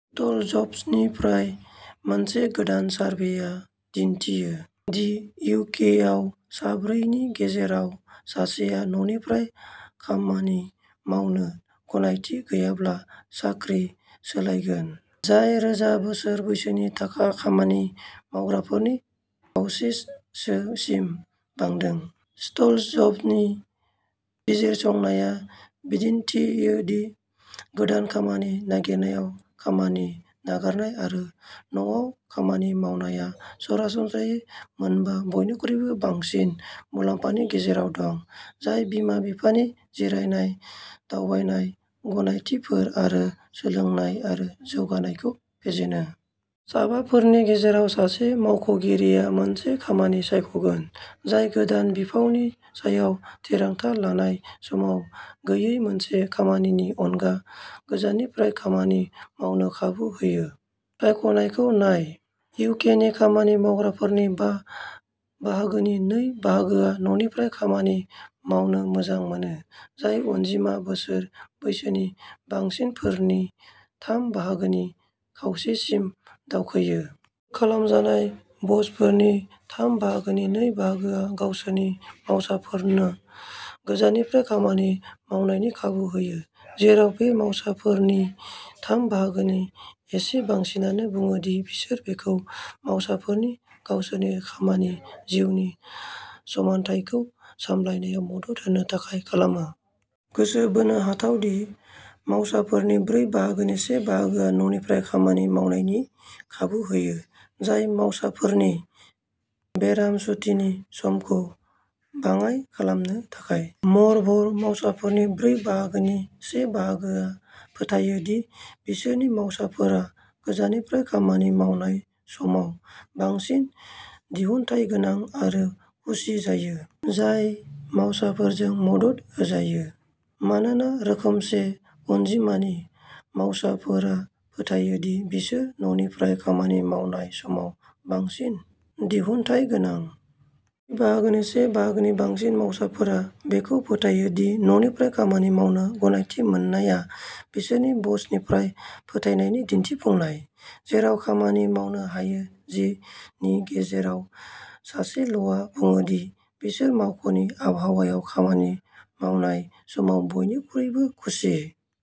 टोटलजब्सनिफ्राय मोनसे गोदान सारभेया दिन्थियो दि इउ. के. आव साब्रैनि गेजेराव सासेआ न'निफ्राय खामानि मावनो गनायथि गैयाब्ला साख्रि सोलायगोन, जाय रोजा बोसोर बैसोनि खामानि मावग्राफोरनि खावसेसोसिम बांदों। टोटलजब्स'नि बिजिरसंनाया दिन्थियो दि गोदान खामानि नागिरनायाव खामानि नागारनाय आरो न'आव खामानि मावनाया सरासनस्रायै मोनबा बयनिख्रुइबो गोनांसिन मुलाम्फानि गेजेराव दं, जाय बिमा-बिफानि जिरायनाय, दावबायनाय गनायथिफोर आरो सोलोंनाय आरो जौगानायखौ फेजेनो। साबाफोरनि गेजेराव सासे मावगिरिफोरा मोनसे खामानि सायख'गोन जाय गोदान बिफावनि सायाव थिरांथा लानाय समाव गैयै मोनसे खामानिनि अनगा गोजाननिफ्राय खामानि मावनो खाबु होयो। सायख'नायखौ नायनानै, इउ. के. नि खामानि मावग्राफोरनि बा बाहागोनि नै बाहागोआ न'निफ्राय खामानि मावनो मोजां मोनो, जाय अनजिमा बोसोर बैसोनि बांसिनफोरनि थाम बाहागोनि खावसेसिम दावखोयो। पोल खालामजानाय बसफोरनि थाम बाहागोनि नै बाहागोआ गावसोरनि मावसाफोरनो गोजाननिफ्राय खामानि मावनायनि खाबु होयो, जेराव बे मावसोमगिरिफोरनि थाम बाहागोनि एसे बांसिनानो बुङो दि बिसोर बेखौ मावसाफोरखौ गावसोरनि खामानि-जिउनि समानथायखौ सामलायनायाव मदद होनो थाखाय खालामो। गोसो बोनो हाथाव दि, मावसाफोरनि ब्रै बाहागोनि से बाहागोआ न'निफ्राय खामानि मावनायनि खाबु होयो, जाय मावसाफोरनि बेराम सुतिनि समखौ बाङाय खालामनो थाखाय। म'रभ'र, मावसाफोरनि ब्रै बाहागोनि से बाहागोआ फोथायो दि बिसोरनि मावसाफोरा गोजाननिफ्राय खामानि मावनाय समाव बांसिन दिहुनथायगोनां आरो खुसि जायो, जाय मावसाफोरजों मदद होजायो, मानोना रोखोमसे अनजिमानि मावसाफोरा फोथायो दि बिसोर न'निफ्राय खामानि मावनाय समाव बांसिन दिहुनथायगोनां। ब्रै बाहागोनि से बाहागोनि बांसिन मावसाफोरा बेखौबो फोथायो दि न'निफ्राय खामानि मावनो गनायथि मोननाया बिसोरनि बसनिफ्राय फोथायनायनि दिन्थिफुंनाय। जेराव खामानि मावनो हायो, जि नि गेजेराव सासेआल'बुङो दि बिसोर मावख'नि आबहावायाव खामानि मावनाय समाव बयनिख्रुइबो खुसि।